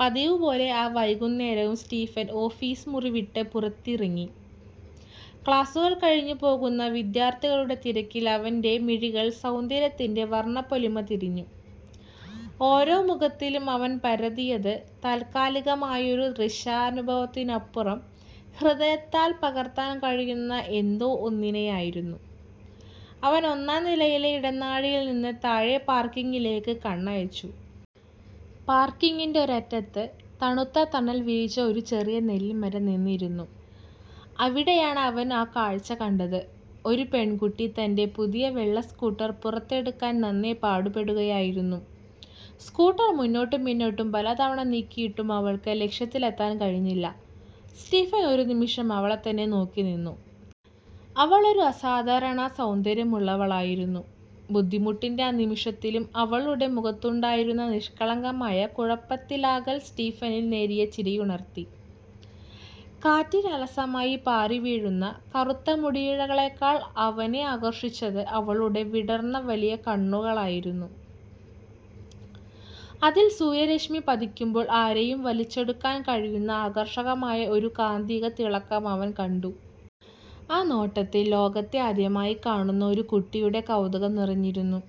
പതിവുപോലെ ആ വൈകുന്നേരവും സ്റ്റീഫൻ ഓഫീസ് മുറി വിട്ട് പുറത്തിറങ്ങി. ക്ലാസ്സുകൾ കഴിഞ്ഞ് പോകുന്ന വിദ്യാർത്ഥികളുടെ തിരിക്കിൽ അവന്റെ മിഴികൾ സൗന്ദര്യത്തിന്റെ വർണ്ണപ്പൊലിമ തിരഞ്ഞു. ഓരോ മുഖത്തിലും അവൻ പരതിയത്, താൽക്കാലികമായൊരു ദൃശ്യാനുഭവത്തിനപ്പുറം ഹൃദയത്തിൽ പകർത്താൻ കഴിയുന്ന എന്തോ ഒന്നിനെയായിരുന്നു. അവൻ ഒന്നാം നിലയിലെ ഇടനാഴിയിൽ നിന്ന് താഴെ പാർക്കിങ്ങിലേക്ക് കണ്ണയച്ചു. പാർക്കിങ്ങിന്റെ ഒരറ്റത്ത്, തണുത്ത തണൽ വിരിച്ച് ഒരു ചെറിയ നെല്ലിമരം നിന്നിരുന്നു. അവിടെയാണ് അവൻ ആ കാഴ്ച കണ്ടത്. ഒരു പെൺകുട്ടി തന്റെ പുതിയ വെള്ള സ്കൂട്ടർ പുറത്തെടുക്കാൻ നന്നേ പാടുപെടുകയായിരുന്നു. സ്കൂട്ടർ മുന്നോട്ടും പിന്നോട്ടും പലതവണ നീക്കിയിട്ടും അവൾക്ക് ലക്ഷ്യത്തിലെത്താൻ കഴിഞ്ഞില്ല. സ്റ്റീഫൻ ഒരു നിമിഷം അവളെത്തന്നെ നോക്കി നിന്നു. അവളൊരു അസാധാരണ സൗന്ദര്യമുള്ളവളായിരുന്നു. ബുദ്ധിമുട്ടിന്റെ ആ നിമിഷത്തിലും അവളുടെ മുഖത്തുണ്ടായിരുന്ന നിഷ്കളങ്കമായ കുഴപ്പത്തിലാകൽ സ്റ്റീഫനിൽ നേരിയ ചിരിയുണർത്തി. കാറ്റിൽ അലസമായി പാറിവീഴുന്ന കറുത്ത മുടിയിഴകളെക്കാൾ അവനെ ആകർഷിച്ചത് അവളുടെ വിടർന്ന വലിയ കണ്ണുകളായിരുന്നു. അതിൽ സൂര്യരശ്മി പതിക്കുമ്പോൾ ആരെയും വലിച്ചെടുക്കാൻ കഴിയുന്ന ആകർഷകമായ ഒരു കാന്തിക തിളക്കം അവൻ കണ്ടു. ആ നോട്ടത്തിൽ, ലോകത്തെ ആദ്യമായി കാണുന്ന ഒരു കുട്ടിയുടെ കൗതുകം നിറഞ്ഞിരുന്നു.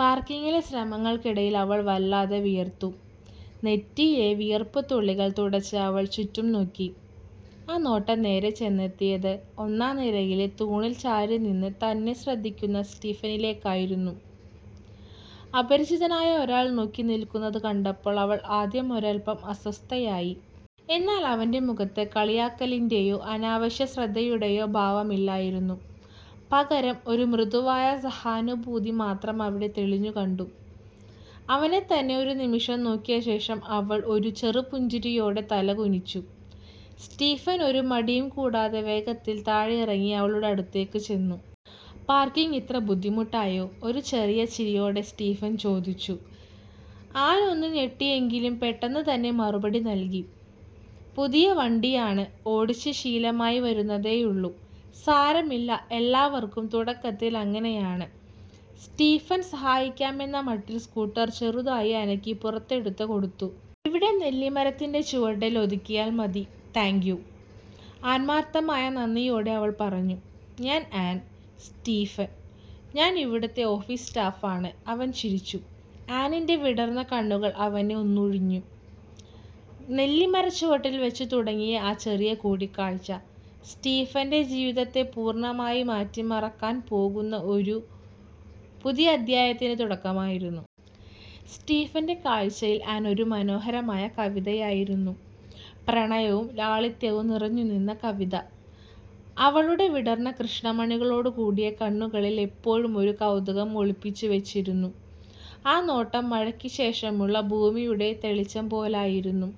പാർക്കിങ്ങിലെ ശ്രമങ്ങൾക്കിടയിൽ അവൾ വല്ലാതെ വിയർത്തു. നെറ്റിയിലെ വിയർപ്പ് തുള്ളികൾ തുടച്ച് അവൾ ചുറ്റും നോക്കി. ആ നോട്ടം നേരെ ചെന്നെത്തിയത്, ഒന്നാം നിലയിലെ തൂണിൽ ചാരിനിന്ന് തന്നെ ശ്രദ്ധിക്കുന്ന സ്റ്റീഫനിലേക്കായിരുന്നു. അപരിചിതനായ ഒരാൾ നോക്കി നിൽക്കുന്നത് കണ്ടപ്പോൾ അവൾ ആദ്യം ഒരൽപ്പം അസ്വസ്ഥയായി. എന്നാൽ അവന്റെ മുഖത്ത് കളിയാക്കലിന്റെയോ അനാവശ്യ ശ്രദ്ധയുടെയോ ഭാവമില്ലായിരുന്നു; പകരം, ഒരു മൃദുവായ സഹാനുഭൂതി മാത്രം അവിടെ തെളിഞ്ഞു കണ്ടു. അവനെത്തന്നെ ഒരു നിമിഷം നോക്കിയ ശേഷം, അവൾ ഒരു ചെറു പുഞ്ചിരിയോടെ തലകുനിച്ചു. സ്റ്റീഫൻ ഒരു മടിയും കൂടാതെ വേഗത്തിൽ താഴെയിറങ്ങി അവളുടെ അടുത്തേക്ക് ചെന്നു. "പാർക്കിംഗ് ഇത്ര ബുദ്ധിമുട്ടായോ? " ഒരു ചെറിയ ചിരിയോടെ സ്റ്റീഫൻ ചോദിച്ചു. ആൻ ഒന്ന് ഞെട്ടിയെങ്കിലും പെട്ടെന്ന് തന്നെ മറുപടി നൽകി "പുതിയ വണ്ടിയാണ്. ഓടിച്ച് ശീലമായി വരുന്നതേയുള്ളൂ. " "സാരമില്ല, എല്ലാവർക്കും തുടക്കത്തിൽ അങ്ങനെയാണ്," സ്റ്റീഫൻ സഹായിക്കാമെന്ന മട്ടിൽ സ്കൂട്ടർ ചെറുതായി അനക്കി പുറത്തെടുത്ത് കൊടുത്തു. "ഇവിടെ നെല്ലിമരത്തിന്റെ ചുവട്ടിൽ ഒതുക്കിയാൽ മതി. " "താങ്ക് യു… " ആത്മാർത്ഥമായ നന്ദിയോടെ അവൾ പറഞ്ഞു. "ഞാൻ ആൻ. " "സ്റ്റീഫൻ. ഞാൻ ഇവിടുത്തെ ഓഫീസ് സ്റ്റാഫ് ആണ്," അവൻ ചിരിച്ചു. ആനിന്റെ വിടർന്ന കണ്ണുകൾ അവനെ ഒന്നുഴിഞ്ഞു. നെല്ലിമരച്ചുവട്ടിൽ വെച്ച് തുടങ്ങിയ ആ ചെറിയ കൂടിക്കാഴ്ച, സ്റ്റീഫന്റെ ജീവിതത്തെ പൂർണ്ണമായി മാറ്റിമറിക്കാൻ പോകുന്ന ഒരു പുതിയ അദ്ധ്യായത്തിന്റെ തുടക്കമായിരുന്നു. സ്റ്റീഫന്റെ കാഴ്ചയിൽ ആൻ ഒരു മനോഹരമായ കവിതയായിരുന്നു. പ്രണയവും ലാളിത്യവും നിറഞ്ഞുനിന്ന കവിത. അവളുടെ വിടർന്ന കൃഷ്ണമണികളോടുകൂടിയ കണ്ണുകളിൽ എപ്പോഴും ഒരു കൗതുകം ഒളിപ്പിച്ചു വെച്ചിരുന്നു. ആ നോട്ടം, മഴയ്ക്ക് ശേഷമുള്ള ഭൂമിയുടെ തെളിച്ചം പോലെയായിരുന്നു.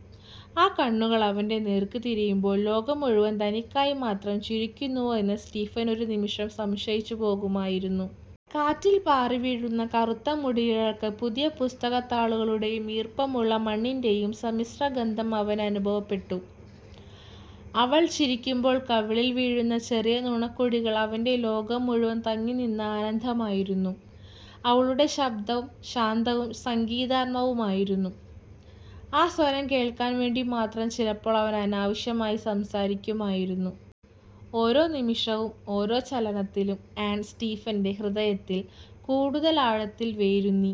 ആ കണ്ണുകൾ അവന്റെ നേർക്ക് തിരിയുമ്പോൾ, ലോകം മുഴുവൻ തനിക്കായി മാത്രം ചിരിക്കുന്നുവോ എന്ന് സ്റ്റീഫൻ ഒരു നിമിഷം സംശയിച്ചു പോകുമായിരുന്നു. കാറ്റിൽ പാറിവീഴുന്ന കറുത്ത മുടിയിഴകൾക്ക് പുതിയ പുസ്തകത്താളുകളുടെയും ഈർപ്പമുള്ള മണ്ണിന്റെയും സമ്മിശ്രഗന്ധം അവന് അനുഭവപ്പെട്ടു. അവൾ ചിരിക്കുമ്പോൾ കവിളിൽ വീഴുന്ന ചെറിയ നുണക്കുഴികൾ, അവന്റെ ലോകം മുഴുവൻ തങ്ങിനിന്ന ആനന്ദമായിരുന്നു. അവളുടെ ശബ്ദം ശാന്തവും സംഗീതാത്മകവുമായിരുന്നു. ആ സ്വരം കേൾക്കാൻ വേണ്ടി മാത്രം ചിലപ്പോൾ അവൻ അനാവശ്യമായി സംസാരിക്കുമായിരുന്നു. ഓരോ നിമിഷവും, ഓരോ ചലനത്തിലും, ആൻ സ്റ്റീഫന്റെ ഹൃദയത്തിൽ കൂടുതൽ ആഴത്തിൽ വേരൂന്നി.